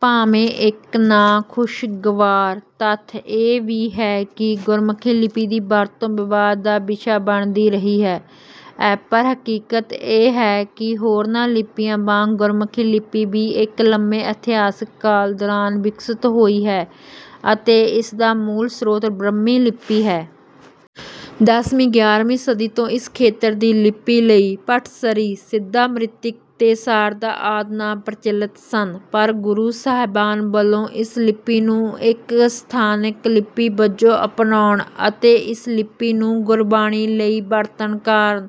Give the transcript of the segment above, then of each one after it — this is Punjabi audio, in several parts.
ਭਾਵੇਂ ਇੱਕ ਨਾ-ਖ਼ੁਸ਼ਗਵਾਰ ਤੱਥ ਇਹ ਵੀ ਹੈ ਕਿ ਗੁਰਮੁਖੀ ਲਿਪੀ ਦੀ ਵਰਤੋਂ ਵਿਵਾਦ ਦਾ ਵਿਸ਼ਾ ਬਣਦੀ ਰਹੀ ਹੈ, ਐਪਰ ਹਕੀਕਤ ਇਹ ਹੈ ਕਿ ਹੋਰਨਾਂ ਲਿਪੀਆਂ ਵਾਂਗ ਗੁਰਮੁਖੀ ਲਿਪੀ ਵੀ ਇੱਕ ਲੰਮੇ ਇਤਿਹਾਸਿਕ ਕਾਲ ਦੌਰਾਨ ਵਿਕਸਿਤ ਹੋਈ ਹੈ, ਅਤੇ ਇਸ ਦਾ ਮੂਲ ਸਰੋਤ ਬ੍ਰਹਮੀ ਲਿਪੀ ਹੈ। ਦਸਵੀਂ- ਗਿਆਰਵੀਂ ਸਦੀ ਤੋਂ ਇਸ ਖੇਤਰ ਦੀ ਲਿਪੀ ਲਈ ਭੱਟਸਰੀ, ਸਿੱਧਾ ਮਾਤ੍ਰਿਕਾ ਤੇ ਸ਼ਾਰਦਾ ਆਦਿ ਨਾਮ ਪ੍ਰਚਲਿਤ ਸਨ, ਪਰ ਗੁਰੂ ਸਾਹਿਬਾਨ ਵੱਲੋਂ ਇਸ ਲਿਪੀ ਨੂੰ ਇੱਕ ਸਥਾਨਕ ਲਿਪੀ ਵਜੋਂ ਅਪਣਾਉਣ ਅਤੇ ਇਸ ਲਿਪੀ ਨੂੰ ਗੁਰਬਾਣੀ ਲਈ ਵਰਤਣ ਕਾਰਨ,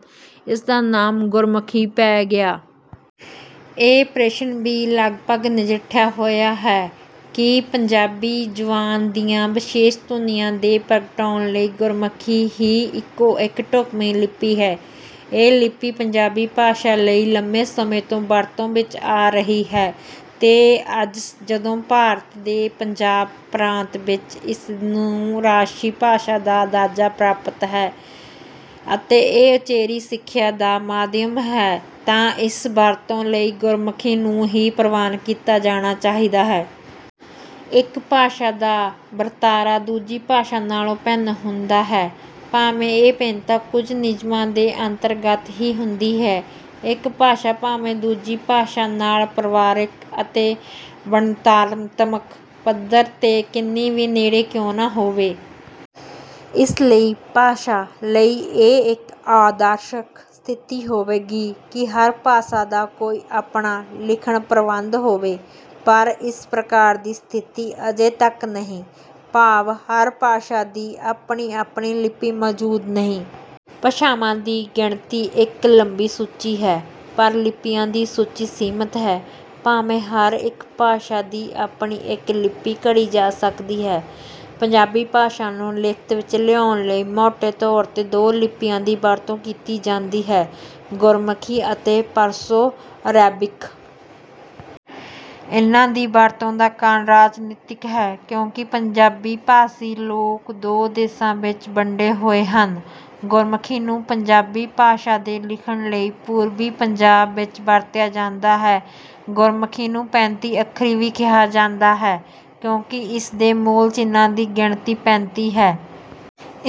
ਇਸ ਦਾ ਨਾਮ ਗੁਰਮੁਖੀ ਪੈ ਗਿਆ। ਇਹ ਪ੍ਰਸ਼ਨ ਵੀ ਲਗਪਗ ਨਜਿੱਠਿਆ ਹੋਇਆ ਹੈ ਕਿ ਪੰਜਾਬੀ ਜ਼ੁਬਾਨ ਦੀਆਂ ਵਿਸ਼ੇਸ਼ ਧੁਨੀਆਂ ਦੇ ਪ੍ਰਗਟਾਉਣ ਲਈ ਗੁਰਮੁਖੀ ਹੀ ਇੱਕੋ-ਇੱਕ ਢੁੱਕਵੀਂ ਲਿਪੀ ਹੈ। ਇਹ ਲਿਪੀ ਪੰਜਾਬੀ ਭਾਸ਼ਾ ਲਈ ਲੰਮੇ ਸਮੇਂ ਤੋਂ ਵਰਤੋਂ ਵਿੱਚ ਆ ਰਹੀ ਹੈ ਤੇ ਅੱਜ ਜਦੋਂ ਭਾਰਤ ਦੇ ਪੰਜਾਬ ਪ੍ਰਾਂਤ ਵਿੱਚ ਇਸ ਨੂੰ ਰਾਜਸੀ ਭਾਸ਼ਾ ਦਾ ਦਰਜਾ ਪ੍ਰਾਪਤ ਹੈ ਅਤੇ ਇਹ ਉਚੇਰੀ ਸਿੱਖਿਆ ਦਾ ਮਾਧਿਅਮ ਹੈ ਤਾਂ ਇਸ ਵਰਤੋਂ ਲਈ ਗੁਰਮੁਖੀ ਨੂੰ ਹੀ ਪ੍ਰਵਾਨ ਕੀਤਾ ਜਾਣਾ ਚਾਹੀਦਾ ਹੈ। ਇੱਕ ਭਾਸ਼ਾ ਦਾ ਵਰਤਾਰਾ ਦੂਜੀ ਭਾਸ਼ਾ ਨਾਲੋਂ ਭਿੰਨ ਹੁੰਦਾ ਹੈ। ਭਾਵੇਂ ਇਹ ਭਿੰਨਤਾ ਕੁਝ ਨਿਯਮਾਂ ਦੇ ਅੰਤਰਗਤ ਹੀ ਹੁੰਦੀ ਹੈ, ਇੱਕ ਭਾਸ਼ਾ ਭਾਵੇਂ ਦੂਜੀ ਭਾਸ਼ਾ ਨਾਲ ਪਰਿਵਾਰਕ ਅਤੇ ਬਣਤਰਾਤਮਕ ਪੱਧਰ 'ਤੇ ਕਿੰਨੀ ਵੀ ਨੇੜੇ ਕਿਉਂ ਨਾ ਹੋਵੇ। ਇਸ ਲਈ ਭਾਸ਼ਾ ਲਈ ਇਹ ਇੱਕ ਆਦਰਸ਼ਕ ਸਥਿਤੀ ਹੋਵੇਗੀ ਕਿ ਹਰ ਭਾਸ਼ਾ ਦਾ ਕੋਈ ਆਪਣਾ ਲਿਖਣ-ਪ੍ਰਬੰਧ ਹੋਵੇ, ਪਰ ਇਸ ਪ੍ਰਕਾਰ ਦੀ ਸਥਿਤੀ ਅਜੇ ਤੱਕ ਨਹੀਂ, ਭਾਵ, ਹਰ ਭਾਸ਼ਾ ਦੀ ਆਪਣੀ-ਆਪਣੀ ਲਿਪੀ ਮੌਜੂਦ ਨਹੀਂ। ਭਾਸ਼ਾਵਾਂ ਦੀ ਗਿਣਤੀ ਇੱਕ ਲੰਬੀ ਸੂਚੀ ਹੈ, ਪਰ ਲਿਪੀਆਂ ਦੀ ਸੂਚੀ ਸੀਮਤ ਹੈ। ਭਾਵੇਂ ਹਰ ਇੱਕ ਭਾਸ਼ਾ ਦੀ ਆਪਣੀ ਇੱਕ ਲਿਪੀ ਘੜੀ ਜਾ ਸਕਦੀ ਹੈ। ਪੰਜਾਬੀ ਭਾਸ਼ਾ ਨੂੰ ਲਿਖਤ ਵਿੱਚ ਲਿਆਉਣ ਲਈ ਮੋਟੇ ਤੌਰ 'ਤੇ ਦੋ ਲਿਪੀਆਂ ਦੀ ਵਰਤੋਂ ਕੀਤੀ ਜਾਂਦੀ ਹੈ: ਗੁਰਮੁਖੀ ਅਤੇ ਪਰਸ਼ੋ-ਅਰੈਬਿਕ। ਇਨ੍ਹਾਂ ਦੀ ਵਰਤੋਂ ਦਾ ਕਾਰਨ ਰਾਜਨੀਤਕ ਹੈ, ਕਿਉਂਕਿ ਪੰਜਾਬੀ ਭਾਸ਼ੀ ਲੋਕ ਦੋ ਦੇਸ਼ਾਂ ਵਿੱਚ ਵੰਡੇ ਹੋਏ ਹਨ। ਗੁਰਮੁਖੀ ਨੂੰ ਪੰਜਾਬੀ ਭਾਸ਼ਾ ਦੇ ਲਿਖਣ ਲਈ ਪੂਰਬੀ ਪੰਜਾਬ ਵਿੱਚ ਵਰਤਿਆ ਜਾਂਦਾ ਹੈ। ਗੁਰਮੁਖੀ ਨੂੰ ਪੈਂਤੀ ਅੱਖਰੀ ਵੀ ਕਿਹਾ ਜਾਂਦਾ ਹੈ, ਕਿਉਂਕਿ ਇਸ ਦੇ ਮੂਲ ਚਿੰਨ੍ਹਾਂ ਦੀ ਗਿਣਤੀ ਪੈਂਤੀ ਹੈ।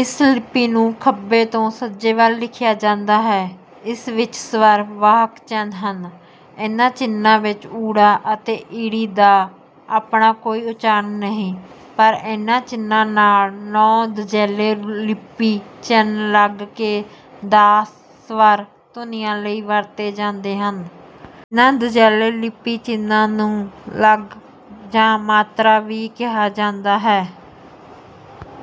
ਇਸ ਲਿਪੀ ਨੂੰ ਖੱਬੇ ਤੋਂ ਸੱਜੇ ਵੱਲ ਲਿਖਿਆ ਜਾਂਦਾ ਹੈ। ਇਸ ਵਿੱਚ ਸ੍ਵਰ-ਵਾਹਕ ਚਿੰਨ੍ਹ ਹਨ। ਇਨ੍ਹਾਂ ਚਿੰਨ੍ਹਾਂ ਵਿੱਚ 'ੳ' ਅਤੇ 'ੲ' ਦਾ ਆਪਣਾ ਕੋਈ ਉਚਾਰਨ ਨਹੀਂ ਹੈ, ਪਰ ਇਨ੍ਹਾਂ ਚਿੰਨ੍ਹਾਂ ਨਾਲ ਨੌਂ ਦੂਜੈਲੇ ਲਿਪੀ ਚਿੰਨ੍ਹ ਲੱਗ ਕੇ ਦਾਸ ਸ੍ਵਰ ਧੁਨੀਆਂ ਲਈ ਵਰਤੇ ਜਾਂਦੇ ਹਨ। ਇਨ੍ਹਾਂ ਦੂਜੈਲੇ ਲਿਪੀ ਚਿੰਨ੍ਹਾਂ ਨੂੰ ਲਗ ਜਾਂ ਮਾਤਰਾ ਵੀ ਕਿਹਾ ਜਾਂਦਾ ਹੈ।